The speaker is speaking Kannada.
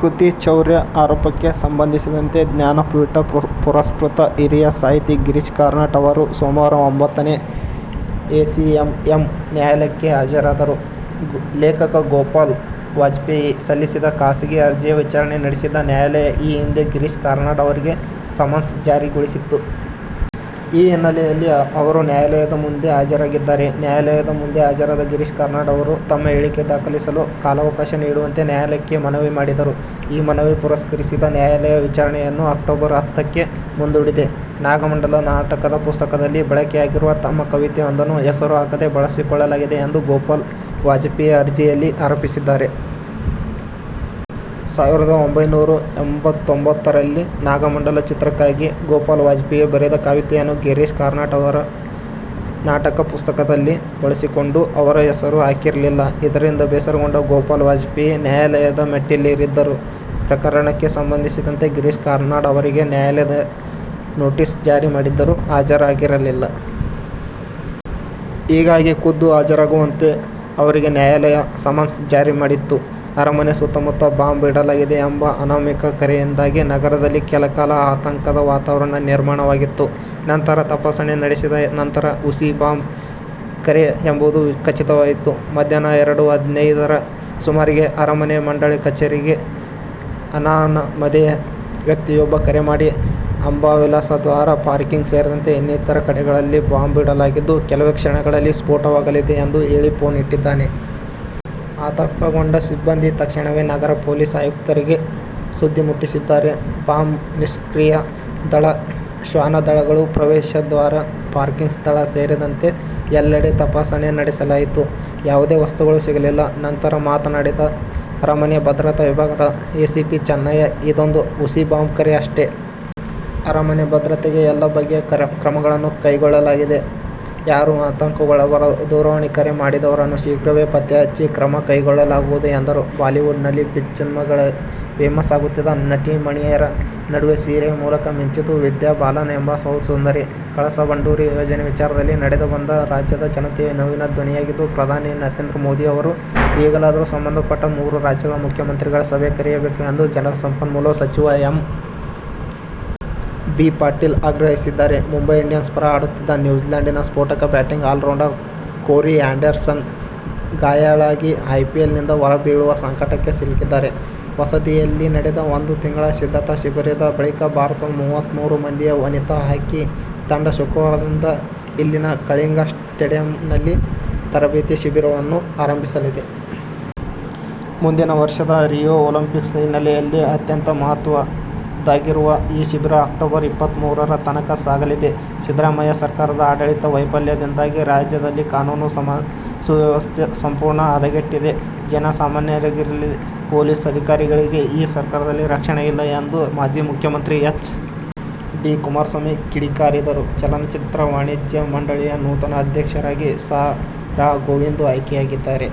ಕೃತಿ ಚೌರ್ಯ ಆರೋಪಕ್ಕೆ ಸಂಬಂಧಿಸಿದಂತೆ ಜ್ಞಾನಪೀಠ ಪುರಸ್ಕೃತ ಹಿರಿಯ ಸಾಹಿತಿ ಗಿರೀಶ್ ಕಾರ್ನಾಡ್ ಅವರು ಸೋಮವಾರ ಒಂಬತ್ತನೇ ಎ ಸಿ ಎಂ ಎಂ ನ್ಯಾಯಾಲಯಕ್ಕೆ ಹಾಜರಾದರು. ಲೇಖಕ ಗೋಪಾಲ ವಾಜಪೇಯಿ ಸಲ್ಲಿಸಿದ ಖಾಸಗಿ ಅರ್ಜಿಯ ವಿಚಾರಣೆ ನಡೆಸಿದ್ದ ನ್ಯಾಯಾಲಯ ಈ ಹಿಂದೆ ಗಿರೀಶ್ ಕಾರ್ನಾಡ್ ಅವರಿಗೆ ಸಮನ್ಸ್ ಜಾರಿ ಗೊಳಿಸಿತ್ತು. ಈ ಹಿನ್ನೆಲೆಯಲ್ಲಿ ಅವರು ನ್ಯಾಯಾಲಯದ ಮುಂದೆ ಹಾಜರಾಗಿದ್ದಾರೆ. ನ್ಯಾಯಾಲಯದ ಮುಂದೆ ಹಾಜರಾದ ಗಿರೀಶ್ ಕಾರ್ನಾಡ್ ಅವರು ತಮ್ಮ ಹೇಳಿಕೆ ದಾಖಲಿಸಲು ಕಾಲಾವಕಾಶ ನೀಡುವಂತೆ ನ್ಯಾಯಾಲಯಕ್ಕೆ ಮನವಿ ಮಾಡಿದರು. ಈ ಮನವಿ ಪುರಸ್ಕರಿಸಿದ ನ್ಯಾಯಾಲಯ ವಿಚಾರಣೆಯನ್ನು ಅಕ್ಟೋಬರ್ ಹತ್ತ ಕ್ಕೆ ಮುಂದೂಡಿದೆ. ನಾಗಮಂಡಲ ನಾಟಕದ ಪುಸ್ತಕದಲ್ಲಿ ಬಳಕೆಯಾಗಿರುವ ತಮ್ಮ ಕವಿತೆಯೊಂದನ್ನು ಹೆಸರು ಹಾಕದೆ ಬಳಸಿಕೊಳ್ಳಲಾಗಿದೆ ಎಂದು ಗೋಪಾಲ ವಾಜಪೇಯಿ ಅರ್ಜಿಯಲ್ಲಿ ಆರೋಪಿಸಿದ್ದಾರೆ. ಸಾವಿರದ ಒಂಬೈನೂರ ಎಂಬತ್ತೊಂಬತ್ತರಲ್ಲಿ ನಾಗಮಂಡಲ ಚಿತ್ರಕ್ಕಾಗಿ ಗೋಪಾಲ ವಾಜಪೇಯಿ ಬರೆದ ಕವಿತೆಯನ್ನು ಗಿರೀಶ್ ಕಾರ್ನಾಡ್ ಅವರು ನಾಟಕ ಪುಸ್ತಕದಲ್ಲಿ ಬಳಸಿಕೊಂಡು ಅವರ ಹೆಸರು ಹಾಕಿರಲಿಲ್ಲ. ಇದರಿಂದ ಬೇಸರಗೊಂಡ ಗೋಪಾಲ ವಾಜಪೇಯಿ ನ್ಯಾಯಾಲಯದ ಮೆಟ್ಟಿಲೇರಿದ್ದರು. ಪ್ರಕರಣಕ್ಕೆ ಸಂಬಂಧಿಸಿದಂತೆ ಗಿರೀಶ್ ಕಾರ್ನಾಡ್ ಅವರಿಗೆ ನ್ಯಾಯಾಲಯ ನೊಟೀಸ್ ಜಾರಿ ಮಾಡಿದ್ದರೂ ಹಾಜರಾಗಿರಲಿಲ್ಲ. ಹೀಗಾಗಿ ಖುದ್ದು ಹಾಜರಾಗುವಂತೆ ಅವರಿಗೆ ನ್ಯಾಯಾಲಯ ಸಮನ್ಸ್ ಜಾರಿ ಮಾಡಿತ್ತು. ಅರಮನೆ ಸುತ್ತಮುತ್ತ ಬಾಂಬ್ ಇಡಲಾಗಿದೆ ಎಂಬ ಅನಾಮಿಕ ಕರೆಯಿಂದಾಗಿ ನಗರದಲ್ಲಿ ಕೆಲಕಾಲ ಆತಂಕದ ವಾತಾವರಣ ನಿರ್ಮಾಣವಾಗಿತ್ತು. ನಂತರ ತಪಾಸಣೆ ನಡೆಸಿದ ನಂತರ ಹುಸಿ ಬಾಂಬ್ ಕರೆ ಎಂಬುದು ಖಚಿತವಾಯಿತು. ಮಧ್ಯಾಹ್ನ ಎರಡು ಹದಿನೈದರ ಸುಮಾರಿಗೆ ಅರಮನೆ ಮಂಡಳಿ ಕಚೇರಿಗೆ ಅನಾಮಧೇಯ ವ್ಯಕ್ತಿಯೊಬ್ಬ ಕರೆ ಮಾಡಿ ಅಂಬಾವಿಲಾಸ ದ್ವಾರ, ಪಾರ್ಕಿಂಗ್ ಸೇರಿದಂತೆ ಇನ್ನಿತರ ಕಡೆಗಳಲ್ಲಿ ಬಾಂಬ್ ಇಡಲಾಗಿದ್ದು, ಕೆಲವೇ ಕ್ಷಣಗಳಲ್ಲಿ ಸ್ಫೋಟವಾಗಲಿದೆ ಎಂದು ಹೇಳಿ ಫೋನ್ ಇಟ್ಟಿದ್ದಾನೆ. ಆತಂಕಗೊಂಡ ಸಿಬ್ಬಂದಿ ತಕ್ಷಣವೇ ನಗರ ಪೊಲೀಸ್ ಆಯುಕ್ತರಿಗೆ ಸುದ್ದಿ ಮುಟ್ಟಿಸಿದ್ದಾರೆ. ಬಾಂಬ್ ನಿಷ್ಕ್ರಿಯ ದಳ, ಶ್ವಾನ ದಳಗಳು ಪ್ರವೇಶ ದ್ವಾರ, ಪಾರ್ಕಿಂಗ್ ಸ್ಥಳ ಸೇರಿದಂತೆ ಎಲ್ಲೆಡೆ ತಪಾಸಣೆ ನಡೆಸಲಾಯಿತು. ಯಾವುದೇ ವಸ್ತುಗಳು ಸಿಗಲಿಲ್ಲ. ನಂತರ ಮಾತನಾಡಿದ ಅರಮನೆ ಭದ್ರತಾ ವಿಭಾಗದ ಎ ಸಿ ಪಿ ಚನ್ನಯ್ಯ, ಇದೊಂದು ಹುಸಿ ಬಾಂಬ್ ಕರೆ ಅಷ್ಟೆ. ಅರಮನೆ ಭದ್ರತೆಗೆ ಎಲ್ಲ ಬಗೆಯ ಕ್ರಮಗಳನ್ನು ಕೈಗೊಳ್ಳಲಾಗಿದೆ. ಯಾರು ಆತಂಕಗೊಳ್ಳಬಾರದು. ದೂರವಾಣಿ ಕರೆ ಮಾಡಿದವರನ್ನು ಶೀಘ್ರವೇ ಪತ್ತೆ ಹಚ್ಚಿ ಕ್ರಮ ಕೈಗೊಳ್ಳಲಾಗುವುದು ಎಂದರು. ಬಾಲಿವುಡ್'ನಲ್ಲಿ ಬಿಚ್ಚಮ್ಮಗಳಾಗಿ ಫೇಮಸ್ ಆಗುತ್ತಿದ್ದ ನಟಿಮಣಿಯರ ನಡುವೆ ಸೀರೆಯ ಮೂಲಕ ಮಿಂಚಿದ್ದು ವಿದ್ಯಾ ಬಾಲನ್ ಎಂಬ ಸೌತ್ ಸುಂದರಿ. ಕಳಸಾ-ಬಂಡೂರಿ ಯೋಜನೆ ವಿಚಾರದಲ್ಲಿ ನಡೆದ ಬಂದ್ ರಾಜ್ಯದ ಜನತೆಯ ನೋವಿನ ಧ್ವನಿಯಾಗಿದ್ದು, ಪ್ರಧಾನಿ ನರೇಂದ್ರ ಮೋದಿ ಅವರು ಈಗಲಾದರೂ ಸಂಬಂಧಪಟ್ಟ ಮೂರೂ ರಾಜ್ಯಗಳ ಮುಖ್ಯಮಂತ್ರಿಗಳ ಸಭೆ ಕರೆಯಬೇಕು ಎಂದು ಜಲಸಂಪನ್ಮೂಲ ಸಚಿವ ಎಂ. ಬಿ. ಪಾಟೀಲ್ ಆಗ್ರಹಿಸಿದ್ದಾರೆ. ಮುಂಬೈ ಇಂಡಿಯನ್ಸ್ ಪರ ಆಡುತ್ತಿದ್ದ ನ್ಯೂಜಿಲ್ಯಾಂಡಿನ ಸ್ಫೋಟಕ ಬ್ಯಾಟಿಂಗ್ ಆಲ್ರೌಂಡರ್ ಕೋರಿ ಆ್ಯಂಡರ್ಸನ್ ಗಾಯಾಳಾಗಿ ಐ ಪಿ ಎಲ್ ನಿಂದ ಹೊರಬೀಳುವ ಸಂಕಟಕ್ಕೆ ಸಿಲುಕಿದ್ದಾರೆ. ಹೊಸದಿಲ್ಲಿಯಲ್ಲಿ ನಡೆದ ಒಂದು ತಿಂಗಳ ಸಿದ್ಧತಾ ಶಿಬಿರದ ಬಳಿಕ ಭಾರತದ ಮೂವತ್ಮೂರು ಮಂದಿಯ ವನಿತಾ ಹಾಕಿ ತಂಡ ಶುಕ್ರವಾರದಿಂದ ಇಲ್ಲಿನ "ಕಳಿಂಗಾ ಸ್ಟೇಡಿಯಂ'ನಲ್ಲಿ ತರಬೇತಿ ಶಿಬಿರವನ್ನು ಆರಂಭಿಸಿದೆ. ಮುಂದಿನ ವರ್ಷದ ರಿಯೋ ಒಲಿಂಪಿಕ್ಸ್ ಹಿನ್ನೆಲೆಯಲ್ಲಿ ಅತ್ಯಂತ ಮಹತ್ವದ್ದಾಗಿರುವ ಈ ಶಿಬಿರ ಅಕ್ಟೋಬರ್ ಇಪ್ಪತ್ಮೂರರ ತನಕ ಸಾಗಲಿದೆ. ಸಿದ್ದರಾಮಯ್ಯ ಸರ್ಕಾರದ ಆಡಳಿತ ವೈಫಲ್ಯದಿಂದಾಗಿ ರಾಜ್ಯದಲ್ಲಿ ಕಾನೂನು ಸುವ್ಯವಸ್ಥೆ ಸಂಪೂರ್ಣ ಹದಗೆಟ್ಟಿದೆ, ಜನ ಸಾಮಾನ್ಯರಿಗಿರಲಿ ಪೊಲೀಸ್ ಅಧಿಕಾರಿಗಳಿಗೇ ಈ ಸರ್ಕಾರದಲ್ಲಿ ರಕ್ಷಣೆ ಇಲ್ಲ ಎಂದು ಮಾಜಿ ಮುಖ್ಯಮಂತ್ರಿ ಎಚ್. ಡಿ. ಕುಮಾರಸ್ವಾಮಿ ಕಿಡಿಕಾರಿದರು. ಚಲನಚಿತ್ರ ವಾಣಿಜ್ಯ ಮಂಡಳಿಯ ನೂತನ ಅಧ್ಯಕ್ಷರಾಗಿ ಸಾ. ರಾ ಗೋವಿಂದು ಆಯ್ಕೆಯಾಗಿದ್ದಾರೆ.